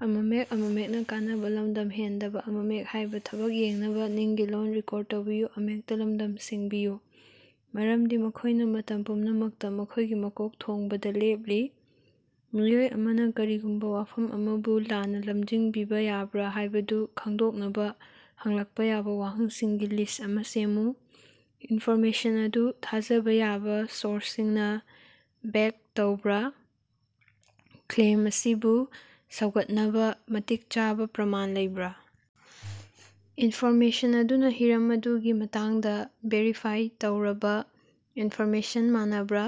ꯃꯔꯝꯗꯤ ꯃꯈꯣꯏꯅ ꯃꯇꯝ ꯄꯨꯝꯅꯃꯛꯇꯥ ꯃꯈꯣꯏꯒꯤ ꯃꯀꯣꯛ ꯊꯣꯡꯕꯗꯥ ꯂꯦꯞꯂꯤ! ꯃꯤꯑꯣꯏ ꯑꯃꯅ ꯀꯔꯤꯒꯨꯝꯕ ꯋꯥꯐꯝ ꯑꯃꯕꯨ ꯂꯥꯟꯅꯥ ꯂꯝꯖꯤꯡꯕꯤꯕ ꯌꯥꯕ꯭ꯔꯥ ꯍꯥꯏꯕꯗꯨ ꯈꯪꯗꯣꯛꯅꯕꯥ ꯍꯪꯂꯛꯄꯥ ꯌꯥꯕ ꯋꯥꯍꯪꯁꯤꯡꯒꯤ ꯂꯤꯁ꯭ꯠ ꯑꯃ ꯁꯦꯝꯃꯨ꯫ ꯏꯟꯐꯣꯔꯃꯦꯁꯟ ꯑꯗꯨ ꯊꯥꯖꯕ ꯌꯥꯕ ꯁꯣꯔꯁꯁꯤꯡꯅ ꯕꯦꯛ ꯇꯧꯕꯔꯥ? ꯀ꯭ꯂꯦꯝ ꯑꯁꯤꯕꯨ ꯁꯧꯒꯠꯅꯕ ꯃꯇꯤꯛ ꯆꯥꯕ ꯄ꯭ꯔꯃꯥꯟ ꯂꯩꯕ꯭ꯔꯥ? ꯏꯟꯐꯣꯔꯃꯦꯁꯟ ꯑꯗꯨꯅ ꯍꯤꯔꯝ ꯑꯗꯨꯒꯤ ꯃꯇꯥꯡꯗ ꯚꯦꯔꯤꯐꯥꯏ ꯇꯧꯔꯕꯥ ꯏꯟꯐꯣꯔꯃꯦꯁꯟ ꯃꯥꯟꯅꯕ꯭ꯔꯥ?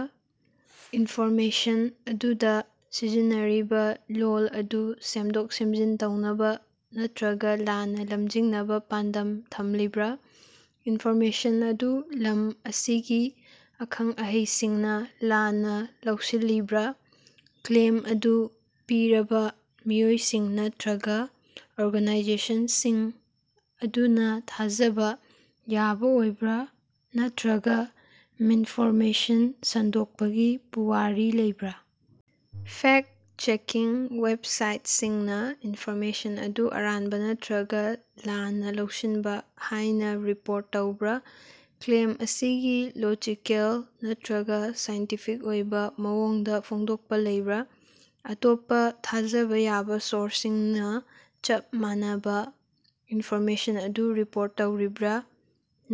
ꯏꯟꯐꯣꯔꯃꯦꯁꯟ ꯑꯗꯨꯗ ꯁꯤꯖꯤꯟꯅꯔꯤꯕ ꯂꯣꯜ ꯑꯗꯨ ꯁꯦꯝꯗꯣꯛ-ꯁꯦꯝꯖꯤꯟ ꯇꯧꯅꯕ ꯅꯠꯇꯔꯒ ꯂꯥꯟꯅ ꯂꯝꯖꯤꯡꯅꯕ ꯄꯥꯟꯗꯝ ꯊꯝꯂꯤꯕꯔꯥ? ꯏꯟꯐꯣꯔꯃꯦꯁꯟ ꯑꯗꯨ ꯂꯝ ꯑꯁꯤꯒꯤ ꯑꯈꯪ-ꯑꯍꯩꯁꯤꯡꯅ ꯂꯥꯟꯅ ꯂꯧꯁꯤꯜꯂꯤꯕꯔꯥ? ꯀ꯭ꯂꯦꯝ ꯑꯗꯨ ꯄꯤꯔꯤꯕꯥ ꯃꯤꯑꯣꯏꯁꯤꯡ ꯅꯠꯇꯔꯒ ꯑꯣꯔꯒꯥꯅꯥꯏꯖꯦꯁꯟꯟꯁꯤꯡ ꯑꯗꯨꯅ ꯊꯥꯖꯕ ꯌꯥꯕ ꯑꯣꯏꯕ꯭ꯔꯥ ꯅꯠꯇꯔꯒ ꯃꯤꯟꯐꯣꯔꯃꯦꯁꯟ ꯁꯟꯗꯣꯛꯄꯒꯤ ꯄꯨꯋꯥꯔꯤ ꯂꯩꯕ꯭ꯔꯥ? ꯐꯦꯛꯇ-ꯆꯦꯀꯤꯡ ꯋꯦꯕꯁꯥꯏꯇꯁꯤꯡꯅ ꯏꯟꯐꯣꯔꯃꯦꯁꯟ ꯑꯗꯨ ꯑꯔꯥꯟꯕ ꯅꯠꯇꯔꯒ ꯂꯥꯟꯅ ꯂꯧꯁꯤꯟꯕ ꯍꯥꯏꯅ ꯔꯤꯄꯣꯔꯠ ꯇꯧꯕꯔꯥ? ꯀ꯭ꯂꯦꯝ ꯑꯁꯤꯒꯤ ꯂꯣꯖꯤꯀꯦꯜ ꯅꯠꯇꯔꯒ ꯁꯥꯏꯟꯇꯤꯐꯤꯛ ꯑꯣꯏꯕ ꯃꯑꯣꯡꯗ ꯐꯣꯡꯗꯣꯛꯄ ꯂꯩꯕꯔꯥ? ꯑꯇꯣꯞꯄꯥ ꯊꯥꯖꯕ ꯌꯥꯕ ꯁꯣꯔꯁꯁꯤꯡꯅ ꯆꯞ ꯃꯥꯟꯅꯕ ꯏꯟꯐꯣꯔꯃꯦꯁꯟ ꯑꯗꯨ ꯔꯤꯄꯣꯔꯠ ꯇꯧꯔꯤꯕ꯭ꯔꯥ?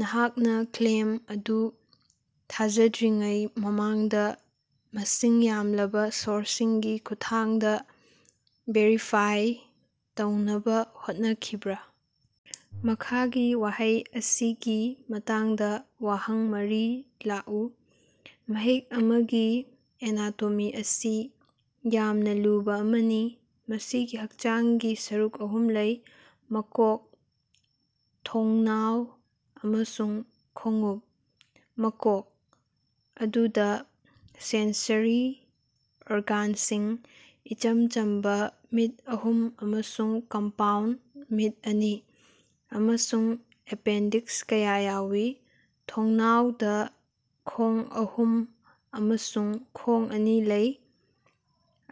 ꯅꯍꯥꯛꯅ ꯀ꯭ꯂꯦꯝ ꯑꯗꯨ ꯊꯥꯖꯗ꯭ꯔꯤꯉꯩ ꯃꯃꯥꯡꯗ ꯃꯁꯤꯡ ꯌꯥꯝꯂꯕ ꯁꯣꯔꯁꯁꯤꯡꯒꯤ ꯈꯨꯠꯊꯥꯡꯗ ꯚꯦꯔꯤꯐꯥꯏ ꯇꯧꯅꯕ ꯍꯣꯠꯅꯈꯤꯕ꯭ꯔꯥ? ꯃꯈꯥꯒꯤ ꯋꯥꯍꯩ ꯑꯁꯤꯒꯤ ꯃꯇꯥꯡꯗ ꯋꯥꯍꯪ ꯃꯔꯤ ꯂꯥꯛꯎ꯫ ꯃꯍꯤꯛ ꯑꯃꯒꯤ ꯑꯦꯅꯥꯇꯣꯃꯤ ꯑꯁꯤ ꯌꯥꯝꯅ ꯂꯨꯕꯥ ꯑꯃꯅꯤ꯫ ꯃꯁꯤꯒꯤ ꯍꯛꯆꯥꯡꯒꯤ ꯁꯔꯨꯛ ꯑꯍꯨꯝ ꯂꯩ: ꯃꯀꯣꯛ, ꯊꯣꯡꯅꯥꯎ ꯑꯃꯁꯨꯡ ꯈꯣꯡꯎꯞ꯫ ꯃꯀꯣꯛ ꯑꯗꯨꯗꯥ ꯁꯦꯟꯁꯔꯤ ꯑꯣꯔꯒꯥꯟꯁꯤꯡ, ꯏꯆꯝ ꯆꯝꯕꯥ ꯃꯤꯠ ꯑꯍꯨꯝ ꯑꯃꯁꯨꯡ ꯀꯝꯄꯥꯎꯟꯗ ꯃꯤꯠ ꯑꯅꯤ, ꯑꯃꯁꯨꯡ ꯑꯦꯄꯦꯟꯗꯤꯛꯁ ꯀꯌꯥ ꯌꯥꯎꯏ꯫ ꯊꯣꯡꯅꯥꯎꯗ ꯈꯣꯡ ꯑꯍꯨꯝ ꯑꯃꯁꯨꯡ ꯈꯣꯡ ꯑꯅꯤ ꯂꯩ,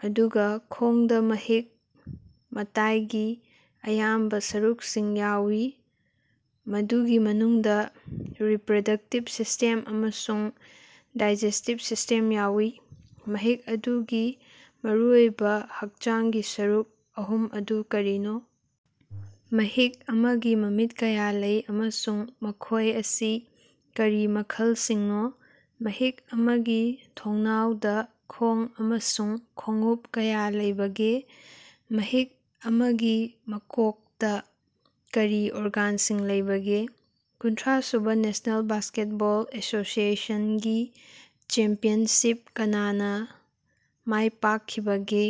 ꯑꯗꯨꯒ ꯈꯣꯡꯗ ꯃꯍꯤꯛ-ꯃꯇꯥꯏꯒꯤ ꯑꯌꯥꯝꯕ ꯁꯔꯨꯛꯁꯤꯡ ꯌꯥꯎꯏ, ꯃꯗꯨꯒꯤ ꯃꯅꯨꯡꯗꯥ ꯔꯤꯄꯔꯗꯛꯇꯤꯚ ꯁꯤꯁ꯭ꯇꯦꯝ ꯑꯃꯁꯨꯡ ꯗꯥꯏꯖꯦꯁ꯭ꯇꯤꯚ ꯁꯤꯁ꯭ꯇꯦꯝ ꯌꯥꯎꯏ꯫ ꯃꯍꯤꯛ ꯑꯗꯨꯒꯤ ꯃꯔꯨꯑꯣꯏꯕ ꯍꯛꯆꯥꯡꯒꯤ ꯁꯔꯨꯛ ꯑꯍꯨꯝ ꯑꯗꯨ ꯀꯔꯤꯅꯣ? ꯃꯍꯤꯛ ꯑꯃꯒꯤ ꯃꯃꯤꯠ ꯀꯌꯥ ꯂꯩ, ꯑꯃꯁꯨꯡ ꯃꯈꯣꯏ ꯑꯁꯤ ꯀꯔꯤ ꯃꯈꯜꯁꯤꯡꯅꯣ? ꯃꯍꯤꯛ ꯑꯃꯒꯤ ꯊꯣꯡꯅꯥꯎꯗ ꯈꯣꯡ ꯑꯃꯁꯨꯡ ꯈꯣꯡꯎꯞ ꯀꯌꯥ ꯂꯩꯕꯒꯦ? ꯃꯍꯤꯛ ꯑꯃꯒꯤ ꯃꯀꯣꯛꯇꯥ ꯀꯔꯤ ꯑꯣꯔꯒꯥꯟꯁꯤꯡ ꯂꯩꯕꯒꯦ? ꯀꯨꯟꯊ꯭ꯔꯥꯁꯨꯕꯥ ꯅꯦꯁꯅꯦꯜ ꯕꯥꯁꯀꯦꯠꯕꯣꯜ ꯑꯦꯁꯣꯁꯤꯌꯦꯁꯟ ꯒꯤ ꯆꯦꯝꯄꯤꯌꯟꯁꯤꯞ ꯀꯅꯥꯅ ꯃꯥꯏꯄꯥꯛꯈꯤꯕꯒꯦ?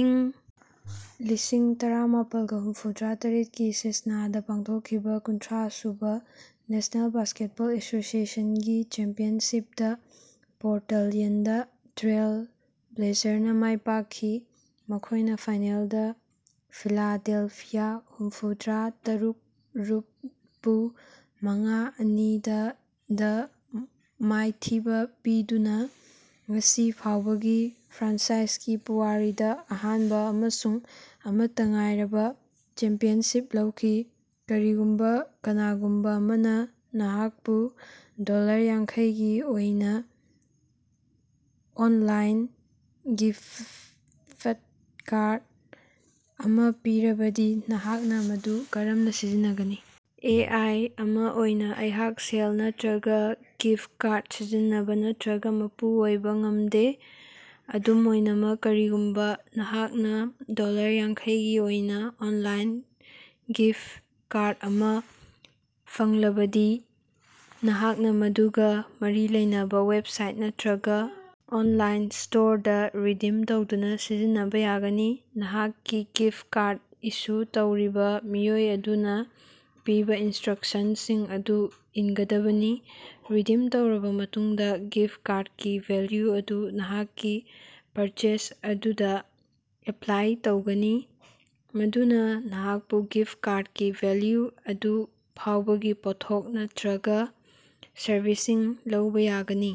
ꯏꯪ ꯂꯤꯁꯤꯡ ꯇꯔꯥꯃꯄꯥꯜꯒ ꯍꯨꯝꯐꯨꯗꯔꯥ ꯇꯔꯦꯠꯀꯤ ꯁꯤꯖꯅꯗꯥ ꯄꯥꯡꯊꯣꯛꯈꯤꯕ ꯀꯨꯟꯊ꯭ꯔꯥꯁꯨꯕꯥ ꯅꯦꯁꯅꯦꯜ ꯕꯥꯁꯀꯦꯠꯕꯣꯜ ꯑꯦꯁꯣꯁꯤꯌꯦꯁꯟ ꯒꯤ ꯆꯦꯝꯄꯤꯌꯟꯁꯤꯞꯇꯥ ꯄꯣꯔꯇꯜꯌꯥꯟꯗ ꯇ꯭ꯔꯦꯜ ꯕ꯭ꯂꯦꯖꯥꯔꯅꯥ ꯃꯥꯏꯄꯥꯛꯈꯤ꯫ ꯃꯈꯣꯏꯅꯥ ꯐꯥꯏꯅꯦꯜꯗꯥ ꯐꯤꯂꯥꯗꯦꯜꯐꯤꯌꯥ ꯍꯨꯝꯐꯨꯗꯔꯥ ꯇꯔꯨꯛ ꯔꯁꯄꯨ ꯃꯉꯥ-ꯑꯅꯤ ꯗꯥ ꯗꯥ ꯃꯥꯏꯊꯤꯕ ꯄꯤꯗꯨꯅ ꯉꯁꯤ ꯐꯥꯎꯕꯒꯤ ꯐ꯭ꯔꯥꯟꯆꯥꯏꯖꯒꯤ ꯄꯨꯋꯥꯔꯤꯗ ꯑꯍꯥꯟꯕ ꯑꯃꯁꯨꯡ ꯑꯃꯠꯇꯥ ꯉꯥꯏꯔꯕꯥ ꯆꯦꯝꯄꯤꯌꯟꯁꯤꯞ ꯂꯧꯈꯤ꯫ ꯀꯔꯤꯒꯨꯝꯕꯥ ꯀꯅꯥꯒꯨꯝꯕꯥ ꯑꯃꯅ ꯅꯍꯥꯛꯄꯨ ꯗꯣꯂꯔ ꯌꯥꯡꯈꯩ ꯒꯤ ꯑꯣꯏꯅ ꯑꯣꯟꯂꯥꯏꯟ ꯒꯤꯐꯠ ꯀꯥꯔꯗ ꯑꯃ ꯄꯤꯔꯕꯗꯤ ꯅꯍꯥꯛꯅ ꯃꯗꯨ ꯀꯔꯝꯅ ꯁꯤꯖꯤꯟꯐꯒꯅꯤ? ꯑꯦ. ꯑꯥꯏ. ꯑꯃ ꯑꯣꯏꯅ ꯑꯩꯍꯥꯛ ꯁꯦꯜ ꯅꯠꯇꯔꯒ ꯒꯤꯐꯠ ꯀꯥꯔꯗ ꯁꯤꯖꯤꯟꯅꯕꯥ ꯅꯠꯇꯔꯒ ꯃꯄꯨ ꯑꯣꯏꯕ ꯉꯃꯗꯦ꯫ ꯑꯗꯨꯝ ꯑꯣꯏꯅꯃꯛ, ꯀꯔꯤꯒꯨꯝꯕꯥ ꯅꯍꯥꯛꯅ ꯗꯣꯂꯔ ꯌꯥꯡꯈꯩ ꯒꯤ ꯑꯣꯏꯅ ꯑꯣꯟꯂꯥꯏꯟ ꯒꯤꯐꯠ ꯀꯥꯔꯗ ꯑꯃ ꯐꯪꯂꯕꯗꯤ, ꯅꯍꯥꯛꯅ ꯃꯗꯨꯒ ꯃꯔꯤ ꯂꯩꯅꯕ ꯋꯦꯕꯁꯥꯏꯠ ꯅꯠꯇꯔꯒ ꯑꯣꯅꯂꯥꯏꯟ ꯁ꯭ꯇꯣꯔꯗ ꯔꯤꯗꯤꯝ ꯇꯧꯗꯨꯅ ꯁꯤꯖꯤꯟꯅꯕ ꯌꯥꯒꯅꯤ꯫ ꯅꯍꯥꯛꯀꯤ ꯒꯤꯐꯠ ꯀꯥꯔꯗ ꯏꯁꯨ ꯇꯧꯔꯤꯕ ꯃꯤꯑꯣꯏ ꯑꯗꯨꯅ ꯄꯤꯕ ꯏꯟꯁ꯭ꯇꯔꯛꯁꯟꯁꯤꯡ ꯑꯗꯨ ꯏꯟꯒꯗꯕꯅꯤ꯫ ꯔꯤꯗꯤꯝ ꯇꯧꯔꯕꯥ ꯃꯇꯨꯡꯗꯥ, ꯒꯤꯐꯠ ꯀꯥꯔꯗꯀꯤ ꯚꯦꯜꯌꯨ ꯑꯗꯨ ꯅꯍꯥꯛꯀꯤ ꯄꯔꯆꯦꯖ ꯑꯗꯨꯗꯥ ꯑꯦꯄꯂꯥꯏ ꯇꯧꯒꯅꯤ, ꯃꯗꯨꯅꯥ ꯅꯍꯥꯀꯄꯨ ꯒꯤꯐꯠ ꯀꯥꯔꯗꯀꯤ ꯚꯦꯜꯌꯨ ꯑꯗꯨ ꯐꯥꯎꯕꯒꯤ ꯄꯣꯠꯊꯣꯛ ꯅꯠꯠꯔꯒꯥ ꯁꯔꯚꯤꯁꯁꯤꯡ ꯂꯧꯕꯥ ꯌꯥꯍꯉꯅꯤ꯫